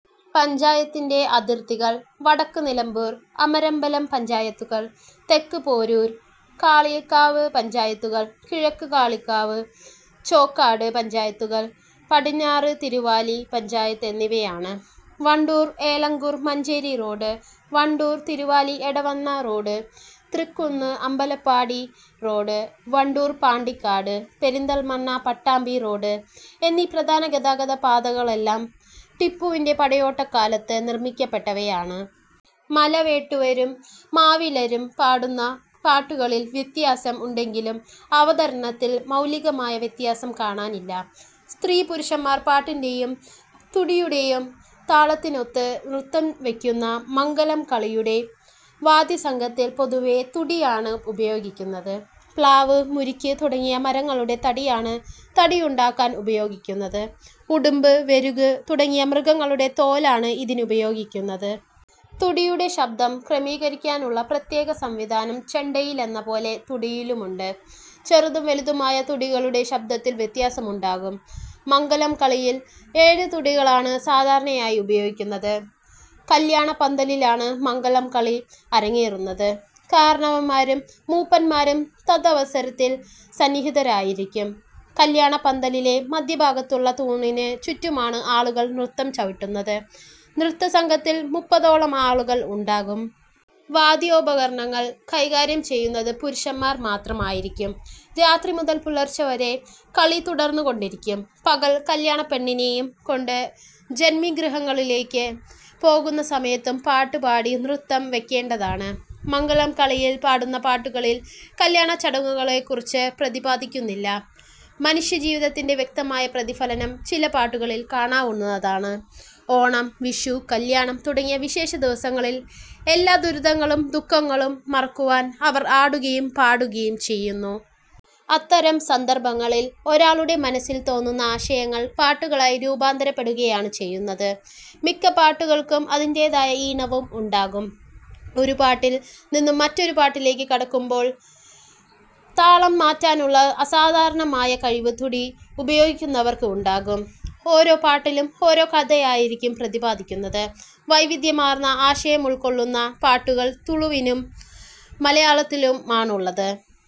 പഞ്ചായത്തിന്റെ അതിർത്തികൾ വടക്ക് നിലമ്പൂർ, അമരമ്പലം പഞ്ചായത്തുകൾ, തെക്ക് പോരൂർ, കാളികാവ് പഞ്ചായത്തുകൾ, കിഴക്ക് കാളികാവ്, ചോക്കാട് പഞ്ചായത്തുകൾ, പടിഞ്ഞാറ് തിരുവാലി പഞ്ചായത്ത് എന്നിവയാണ്. Wandoor-Elankur-Manjeri road, Wandoor-Thiruvali-Edavanna road, Thrikkunnu-Ambalappadi road, Wandoor-Pandikkad, Perinthalmanna-Pattambi road എന്നീ പ്രധാന ഗതാഗതപാതകളെല്ലാം ടിപ്പുവിന്റെ പടയോട്ടക്കാലത്ത് നിർമ്മിക്കപ്പെട്ടവയാണ്. മലവേട്ടുവരും മാവിലരും പാടുന്ന പാട്ടുകളിൽ വ്യത്യാസം ഉണ്ടെങ്കിലും അവതരണത്തിൽ മൗലികമായ വ്യത്യാസം കാണാനില്ല. സ്ത്രീപുരുഷന്മാർ പാട്ടിന്റേയും തുടിയുടേയും താളത്തിനൊത്ത് നൃത്തം വെയ്ക്കുന്ന മങ്ങലംകളിയുടെ വാദ്യസംഘത്തിൽ പൊതുവേ തുടിയാണ് ഉപയോഗിക്കുന്നത്. പ്ലാവ്, മുരിക്ക് തുടങ്ങിയ മരങ്ങളുടെ തടിയാണ് തുടിയുണ്ടാക്കാൻ ഉപയോഗിക്കുന്നത്. ഉടുമ്പ്, വെരുക് തുടങ്ങിയ മൃഗങ്ങളുടെ തോലാണ് ഇതിനുപയോഗിക്കുന്നത്. തുടിയുടെ ശബ്ദം ക്രമീകരിക്കാനുള്ള പ്രത്യേക സംവിധാനം ചെണ്ടയിലെന്ന പോലെ തുടിയിലുമുണ്ട്. ചെറുതും വലുതുമായ തുടികളുടെ ശബ്ദത്തിൽ വ്യത്യാസമുണ്ടാകും. മങ്ങലംകളിയിൽ ഏഴ് തുടികളാണ് സാധാരണയായി ഉപയോഗിക്കുന്നത്. കല്യാണപന്തലിലാണ് മങ്ങലംകളി അരങ്ങേറുന്നത്. കാരണവന്മാരും മൂപ്പന്മാരും തദവസരത്തിൽ സന്നിഹിതരായിരിക്കും. കല്യാണപന്തലിലെ മധ്യഭാഗത്തുള്ള തൂണിനു ചുറ്റുമാണ് ആളുകൾ നൃത്തം ചവിട്ടുന്നത്. നൃത്തസംഘത്തിൽ മുപ്പതോളം ആളുകൾ ഉണ്ടാകും. വാദ്യോപകരണങ്ങൾ കൈകാര്യം ചെയ്യുന്നത് പുരുഷന്മാർ മാത്രമായിരിക്കും. രാത്രി മുതൽ പുലർച്ച വരെ കളി തുടർന്നുകൊണ്ടിരിക്കും. പകൽ കല്യാണപ്പെണ്ണിനേയും കൊണ്ട് ജന്മിഗൃഹങ്ങളിലേയ്ക്ക് പോകുന്ന സമയത്തും പാട്ട് പാടി നൃത്തം വയ്ക്കേണ്ടതാണ്. മങ്ങലംകളിയിൽ പാടുന്ന പാട്ടുകളിൽ കല്യാണചടങ്ങുകളെക്കുറിച്ച് പ്രതിപാദിക്കുന്നില്ല. മനുഷ്യജീവിതത്തിന്റെ വ്യക്തമായ പ്രതിഫലനം ചില പാട്ടുകളിൽ കാണാവുന്നതാണ്. ഓണം, വിഷു, കല്യാണം തുടങ്ങിയ വിശേഷ ദിവസങ്ങളിൽ എല്ലാ ദുരിതങ്ങളും ദുഃഖങ്ങളും മറക്കുവാൻ അവർ ആടുകയും പാടുകയും ചെയ്യുന്നു. അത്തരം സന്ദർഭങ്ങളിൽ ഒരാളുടെ മനസ്സിൽ തോന്നുന്ന ആശയങ്ങൾ പാട്ടുകളായി രൂപാന്തരപ്പെടുകയാണ് ചെയ്യുന്നത്. മിക്ക പാട്ടുകൾക്കും അതിന്റേതായ ഈണവും ഉണ്ടാകും. ഒരു പാട്ടിൽ നിന്നും മറ്റൊരു പാട്ടിലേക്ക് കടക്കുമ്പോൾ താളം മാറ്റാനുള്ള അസാധാരണമായ കഴിവ് തുടി ഉപയോഗിക്കുന്നവർക്ക് ഉണ്ടാകും. ഓരോ പാട്ടിലും ഓരോ കഥയായിരിക്കും പ്രതിപാദിക്കുന്നത്. വൈവിധ്യമാർന്ന ആശയമുൾക്കൊള്ളുന്ന പാട്ടുകൾ തുളുവിലും മലയാളത്തിലുമാണുള്ളത്.